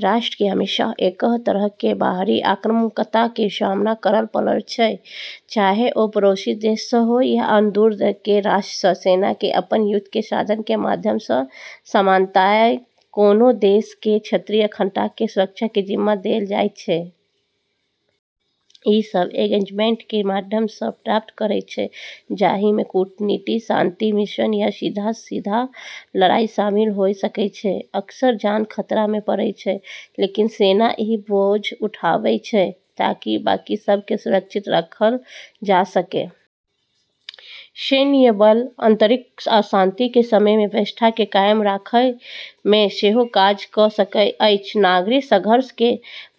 राष्ट्र के हमेशासँ एके तरह के बाहरी आक्रामकता के सामना करय पड़ल छै, चाहे ओ पड़ोसी देश सँ होय या अन्य दूर के राष्ट्र सँ। सेना के अपन युद्ध के साधन के माध्यम सँ सामान्यतया कोनो देश के क्षेत्रीय अखंडता के सुरक्षा के जिम्मा देल जाइत छै। ई सब एंगेजमेंट के माध्यम सँ प्राप्त करै छै जहि में कूटनीति, शांति मिशन या सीधा-सीधा लड़ाई शामिल होय सकै छै। अक्सर जान खतरा में पड़ै छै, लेकिन सेना ई बोझ उठाबै छै ताकि बाकी सब के सुरक्षित राखल जा सकै। सैन्य बल आंतरिक अशांति के समय में व्यवस्था के कायम राखय में सेहो काज क' सकैत अछि। नागरिक संघर्ष के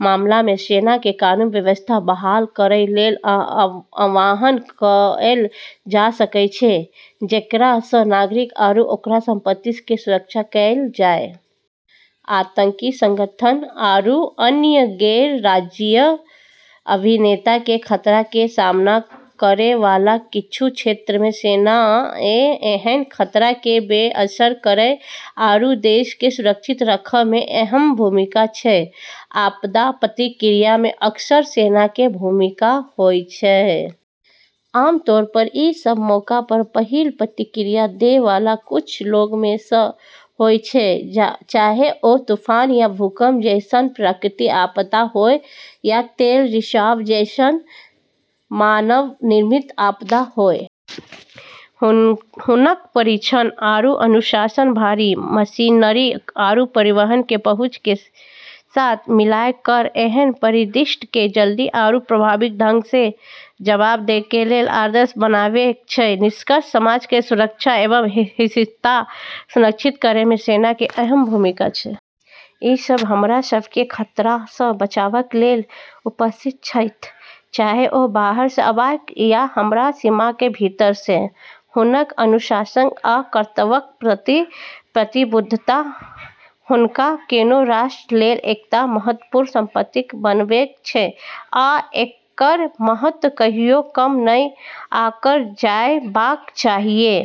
मामला में सेना के कानून-व्यवस्था बहाल करै लेल आह्वान कएल जा सकै छै, जेकरा सँ नागरिक आरू ओकर संपत्ति के सुरक्षा कएल जाय। आतंकी संगठन आरू अन्य गैर-राज्यीय अभिनेता के खतरा के सामना करै वाला किछु क्षेत्र में सेना ने एहन खतरा के बेअसर करै आरू देश क सुरक्षित रखै में अहम भूमिका छै। आपदा प्रतिक्रिया में अक्सर सेना के भूमिका होय छै। आमतौर पर ई सब मौका पर पहिल प्रतिक्रिया दै वाला कुछ लोग में सँ होय छै, चाहे ओ तूफान या भूकंप जैसन प्राकृतिक आपदा होय, या तेल रिसाव जैसन मानव निर्मित आपदा होय। हुनक प्रशिक्षण आरू अनुशासन, भारी मशीनरी आरू परिवहन के पहुँच के साथ मिलाय कऽ एहन परिदृश्य के जल्दी आरू प्रभावी ढंग सँ जवाब दै के लेल आदर्श बनाबै छै। निष्कर्षतः समाज के सुरक्षा आरू स्थिरता सुनिश्चित करै में सेना के अहम भूमिका छै। ई सब हमरा सब के खतरा सँ बचबय लेल उपस्थित छथि, चाहे ओ बाहर सँ आबय या हमर सीमाक भीतर सँ। हुनक अनुशासन आ कर्तव्यक प्रति प्रतिबद्धता हुनका कोनो राष्ट्र लेल एकटा महत्वपूर्ण संपत्ति बनबै छै, आ एकर महत्व कहियो कम नहि आँकल जयबाक चाहियै।